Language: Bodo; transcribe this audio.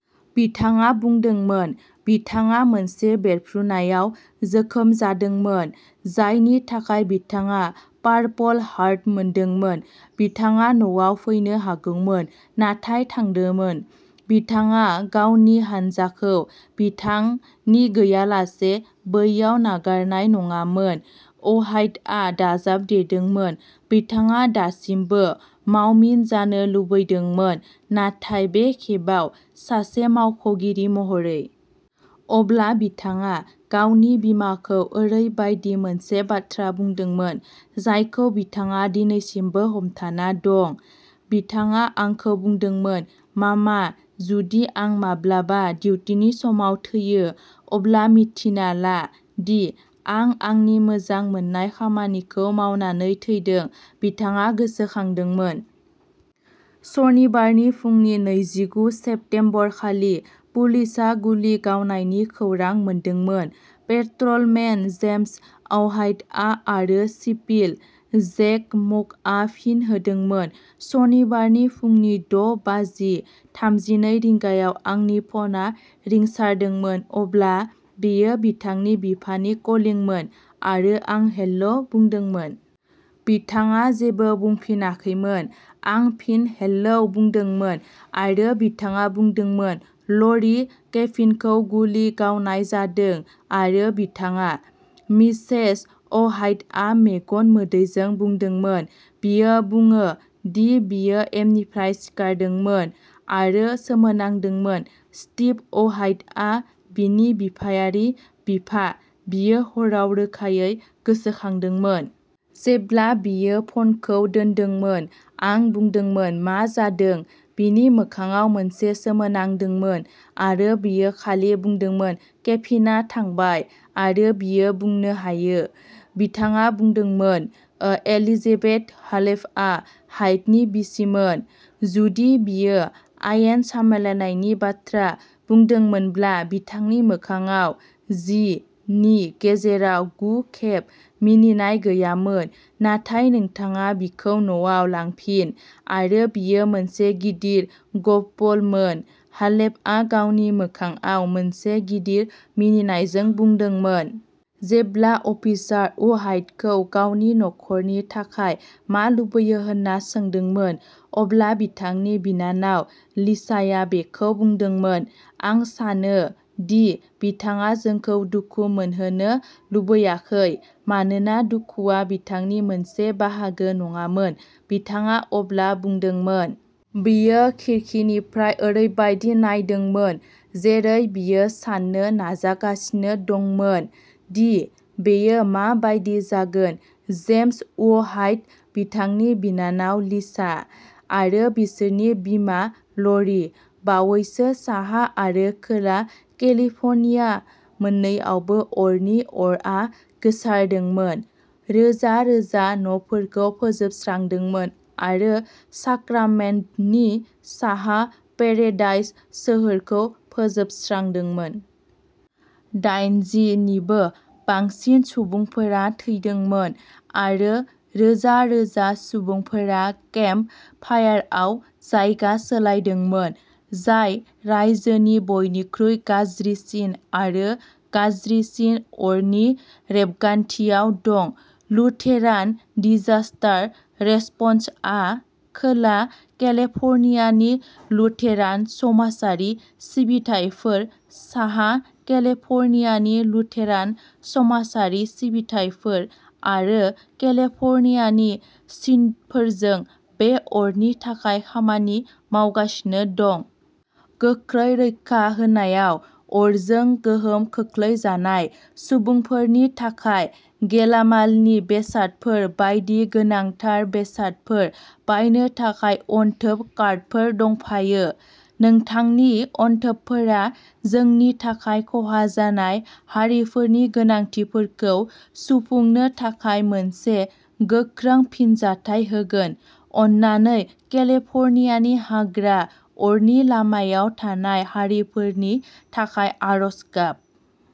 बिथाङा बुंदोंमोन। बिथाङा मोनसे बेरफ्रुनायाव जोखोम जादोंमोन जायनि थाखाय बिथाङा पारपल हार्ट मोनदोंमोन। बिथाङा न'आव फैनो हागौमोन नाथाय थादोंमोन। "बिथाङा गावनि हानजाखौ बिथांनि गैयालासे बैयाव नागारनाय नङामोन", अवहाइटआ दाजाबदेरदोंमोन। बिथाङा दासिमबो मावमिन जानो लुबैदोंमोन नाथाय बे खेबाव सासे मावख'गिरि महरै। अब्ला बिथाङा गावनि बिमाखौ ओरैबायदि मोनसे बाथ्रा बुंदोंमोन जायखौ बिथाङा दिनैसिमबो हमथाना दं। "बिथाङा आंखौ बुंदोंमोन, मामा, जुदि आं माब्लाबा डिउटिनि समाव थैयो, अब्ला मिथिना ला दि आं आंनि मोजां मोननाय खामानिखौ मावनानै थैदों", बिथाङा गोसोखांदोंमोन। सनिबारनि फुंनि नैजिगु सेप्तेम्बरखालि, पुलिसआ गुलि गावनायनि खौरां मोनदोंमोन। पेट्रलमेन जेम्स अवहाइट आरो सिपिल. जेक म'कआ फिन होदोंमोन। सनिबारनि फुंनि द’ बाजि थामजिनै रिंगायाव आंनि फनआ रिंसारदोंमोन अब्ला बेयो बिथांनि बिफानि कलिंमोन आरो आं हेलौ बुंदोंमोन। बिथाङा जेबो बुंफिनाखैमोन। आं फिन हेलौ बुंदोंमोन। आरो बिथाङा बुंदोंमोन ल'रि, केभिनखौ गुलि गावनाय जादों आरो बिथाङा। ", मिसेस अवहाइटआ मेगन मोदैजों बुंदोंमोन। बियो बुङो दि बियो एमनिफ्राय सिखारदोंमोन आरो सोमोनांदोंमोन। स्टिभ अवहाइटआ बिनि बिफायारि बिफा, बियो हराव रोखायै गोसोखांदोंमोन।" जेब्ला बियो फनखौ दोनदोंमोन, आं बुंदोंमोन मा जादों। बिनि मोखांआव मोनसे सोमोनांदोंमोन आरो बियो खालि बुंदोंमोन केभिनआ थांबाय आरो बियो बुंनो हायो, बिथाङा बुंदोंमोन। एलिजेबेथ हाभेलआ हाइटनि बिसिमोन। जुदि बियो आयेन सामलायनायनि बाथ्रा बुंदोंमोनब्ला बिथांनि मोखांआव जि नि गेजेराव गु खेब मिनिनाय गैयामोन, नाथाय नोंथाङा बिखौ न'आव लांफिन आरो बियो मोनसे गिदिर ग'फबल मोन, हाभेलआ गावनि मोखांआव मोनसे गिदिर मिनिनायजों बुंदोंमोन। जेब्ला अफिसार अवहाइटखौ गावनि नखरनि थाखाय मा लुबैयो होननो सोंदोंमोन, अब्ला बिथांनि बिनानाव लिसाया बेखौ बुंदोंमोन। "आं सानो दि बिथाङा जोंखौ दुखु मोनहोनो लुबैयाखै, मानोना दुखुआ बिथांनि मोनसे बाहागो नङामोन", बिथाङा अब्ला बुंदोंमोन। बियो खिरखिनिफ्राय ओरैबायदि नायदोंमोन जेरै बियो साननो नाजागासिनो दंमोन दि बेयो मा बायदि जागोन। जेम्स अवहाइट, बिथांनि बिनानाव लिसा आरो बिसोरनि बिमा ल'रि। बावैसो साहा आरो खोला केलिफ'र्निया मोननैआवबो अरनि अरआ गोसारदोंमोन, रोजा-रोजा न'फोरखौ फोजोबस्रांदोंमोन आरो साक्रामेन्ट’नि साहा थानाय पेरेडाइस सोहोरखौ फोजोबस्रांदोंमोन। दाइनजि निबो बांसिन सुबुंफोरा थैदोंमोन आरो रोजा-रोजा सुबुंफोरा केम्प फायारआव जायगा सोलायदोंमोन, जाय रायजोनि बयनिख्रुइ गाज्रिसिन आरो गाज्रिसिन अरनि रेबगान्थियाव दं। लुथेरान डिजास्टार रेसपन्सआ खोला केलिफ'र्नियानि लुथेरान समाजारि सिबिथाइफोर, साहा केलिफ'र्नियानि लुथेरान समाजारि सिबिथाइफोर आरो केलिफ'र्नियानि सिन'डफोरजों बे अरनि थाखाय खामानि मावगासिनो दं। गोख्रै रैखा होनायाव अरजों गोहोम खोख्लैजानाय सुबुंफोरनि थाखाय गेलामालनि बेसादफोर बायदि गोनांथार बेसादफोर बायनो थाखाय अनथोब कार्डफोर दंफायो। नोंथांनि अनथोबफोरा जोंनि थाखाय खहा जानाय हारिफोरनि गोनांथिफोरखौ सुफुंनो थाखाय मोनसे गोख्रों फिनजाथाय होगोन। अननानै केलिफ'र्नियानि हाग्रा अरनि लामायाव थानाय हारिफोरनि थाखाय आरज गाब।